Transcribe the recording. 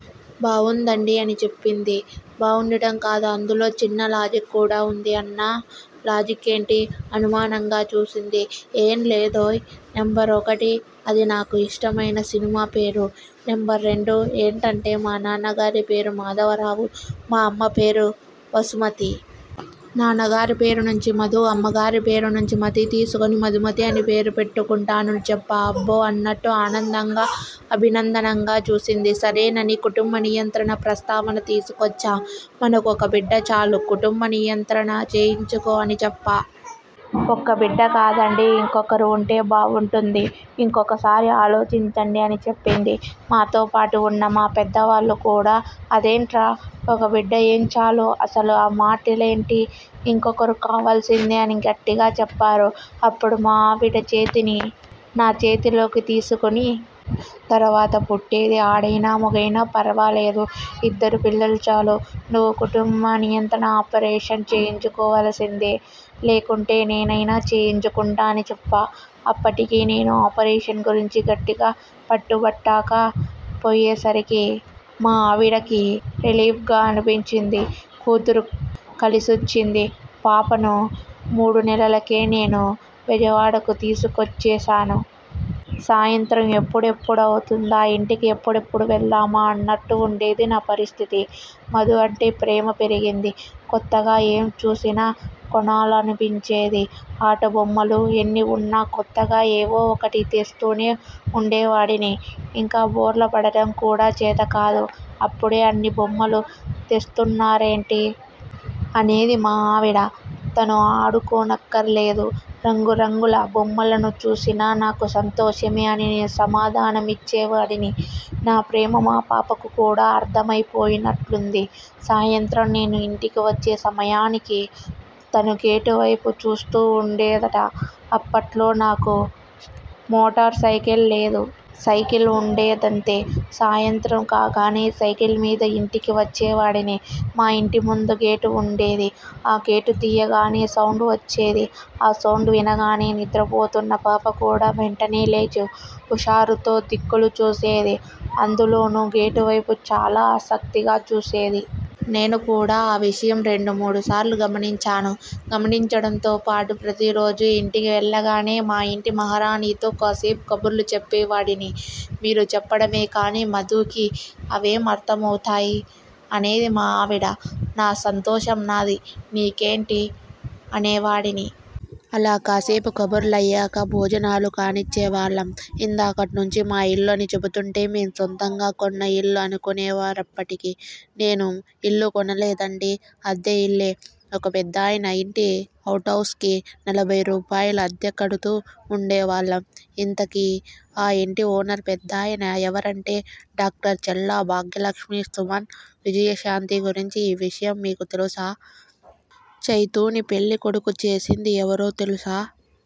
బావుందండీ' అని చెప్పింది. 'బావుండటం కాదు. అందులో చిన్న లాజిక్ కూడా ఉంది' అన్నా. 'లాజిక్కేంటి? ' అనుమానంగా చూసింది. 'ఏం లేదోయ్.. నెంబర్ ఒకటి. అది నాకు ఇష్టమైన సినిమా పేరు. నెంబర్ రెండు. ఏంటంటే.. మా నాన్నగారి పేరు మాధవరావు. మా అమ్మ పేరు వసుమతి. నాన్నగారి పేరులో నుంచి మధు, అమ్మగారి పేరు నుంచిమతి తీసుకుని మధుమతి అని పేరు పెట్టుకుంటాను అని చెప్పా''అబ్బో.. ' అన్నట్టు ఆనందంగా, అభినందనగా చూసింది. సరేనని కుటుంబ నియంత్రణ ప్రస్తావన తీసుకొచ్చా. 'మనకు ఒక బిడ్డ చాలు. కుటుంబ నియంత్రణ చేయించుకో' అని చెప్పా. 'ఒక్క బిడ్డ కాదండీ. ఇంకొకరు ఉంటే బావుంటుంది. ఇంకొక్కసారి ఆలోచించండి' అని చెప్పింది. మాతో పాటు ఉన్న మా పెద్దవాళ్లు కూడా 'అదేంట్రా ఒక బిడ్డ ఏం చాలు. అసలు ఆ మాటలేంటి? ఇంకొకరు కావాల్సిందే' అని గట్టిగా చెప్పారు. అప్పుడు మా ఆవిడ చేతిని నా చేతిలోకి తీసుకుని.. 'తర్వాత పుట్టేది ఆడైనా, మగైనా ఫర్వాలేదు. ఇద్దరు పిల్లలు చాలు. నువ్వు కుటుంబని యంత్రణ ఆపరేషన్ చేయించుకోవాల్సిందే. లేకుంటే నేనైనా చేయించుకుంటా' అని చెప్పా. అప్పటికి నేను ఆపరేషన్ గురించి గట్టిగా పట్టుబట్టక పోయేసరికి మా ఆవిడకి రిలీఫ్గా అనిపించింది. కూతురు కలిసొచ్చింది పాపను మూడునెలలకే నేను బెజవాడకు తీసుకొచ్చేశాను. సాయంత్రం ఎప్పుడెప్పుడు అవుతుందా? ఇంటికి ఎప్పుడెప్పుడు వెళ్దామా అన్నట్టు ఉండేది నా పరిస్థితి. మధు అంటే ప్రేమ పెరిగింది. కొత్తగా ఏం చూసినా కొనాలనిపించేది. ఆటబొమ్మలు ఎన్నిఉన్నా కొత్తగా ఏవో ఒకటి తెస్తూనే ఉండేవాడిని. 'ఇంకా బోర్లాపడటం కూడా చేతకాదు. అప్పుడే అన్ని బొమ్మలు తెస్తున్నారేంటి? ' అనేది మా ఆవిడ. తను ఆడుకోనక్కర్లేదు. 'రంగురంగుల బొమ్మలను చూసినా నాకు సంతోషమే' అని నేను సమాధానమిచ్చే వాడిని. నా ప్రేమ మా పాపకు కూడా అర్థమైపోయినట్టుంది. సాయంత్రం నేను ఇంటికి వచ్చే సమయానికి తను గేటు వైపు చూస్తూ ఉండేదట. అప్పట్లో నాకు మోటార్ సైకిల్ లేదు. సైకిల్ ఉండేదంతే. సాయంత్రం కాగానే సైకిల్ మీద ఇంటికి వచ్చేవాడిని. మా ఇంటి ముందు గేటు ఉండేది. ఆ గేటు తీయగానే సౌండ్ వచ్చేది. ఆ సౌండ్ వినగానే నిద్రపోతున్న పాపకూడా వెంటనే లేచి, హుషారుతో దిక్కులు చూసేది. అందులోనూ గేటు వైపు చాలా ఆసక్తిగా చూసేది. నేను కూడా ఆ విషయం రెండు, మూడుసార్లు గమనించాను. గమనించడంతో పాటు ప్రతిరోజూ ఇంటికి వెళ్లగానే మా ఇంటి మహారాణితో కాసేపు కబుర్లు చెప్పేవాడిని. 'మీరు చెప్పడమే కానీ మధుకి అవేం అర్థమవుతాయి? ' అనేది మా ఆవిడ. 'నా సంతోషం నాది.. నీకేంటి? ' అనేవాడిని. అలా కాసేపు కబుర్లయ్యాక భోజనాలు కానిచ్చేవాళ్లం. ఇందాకటినుంచీ.. మా ఇల్లు అని చెబుతుంటే మేం సొంతంగా కొన్న ఇల్లు అనుకునేరుఅప్పటికి నేను ఇల్లు కొనలేదండీ. అద్దెఇల్లే. ఒక పెద్దాయన ఇంటి ఔట్హౌస్కి నలభైరూపాయలు అద్దెకడుతూ ఉండేవాళ్లం. ఇంతకీ ఆ ఇంటి ఓనర్ పెద్దాయన ఎవరంటే.. డాక్టర్ చల్లా భాగ్యలక్ష్మి సుమన్, విజయశాంతి గురించి ఈ విషయం మీకు తెలుసా? చైతూని పెళ్లి కొడుకు చేసింది ఎవరో తెలుసా?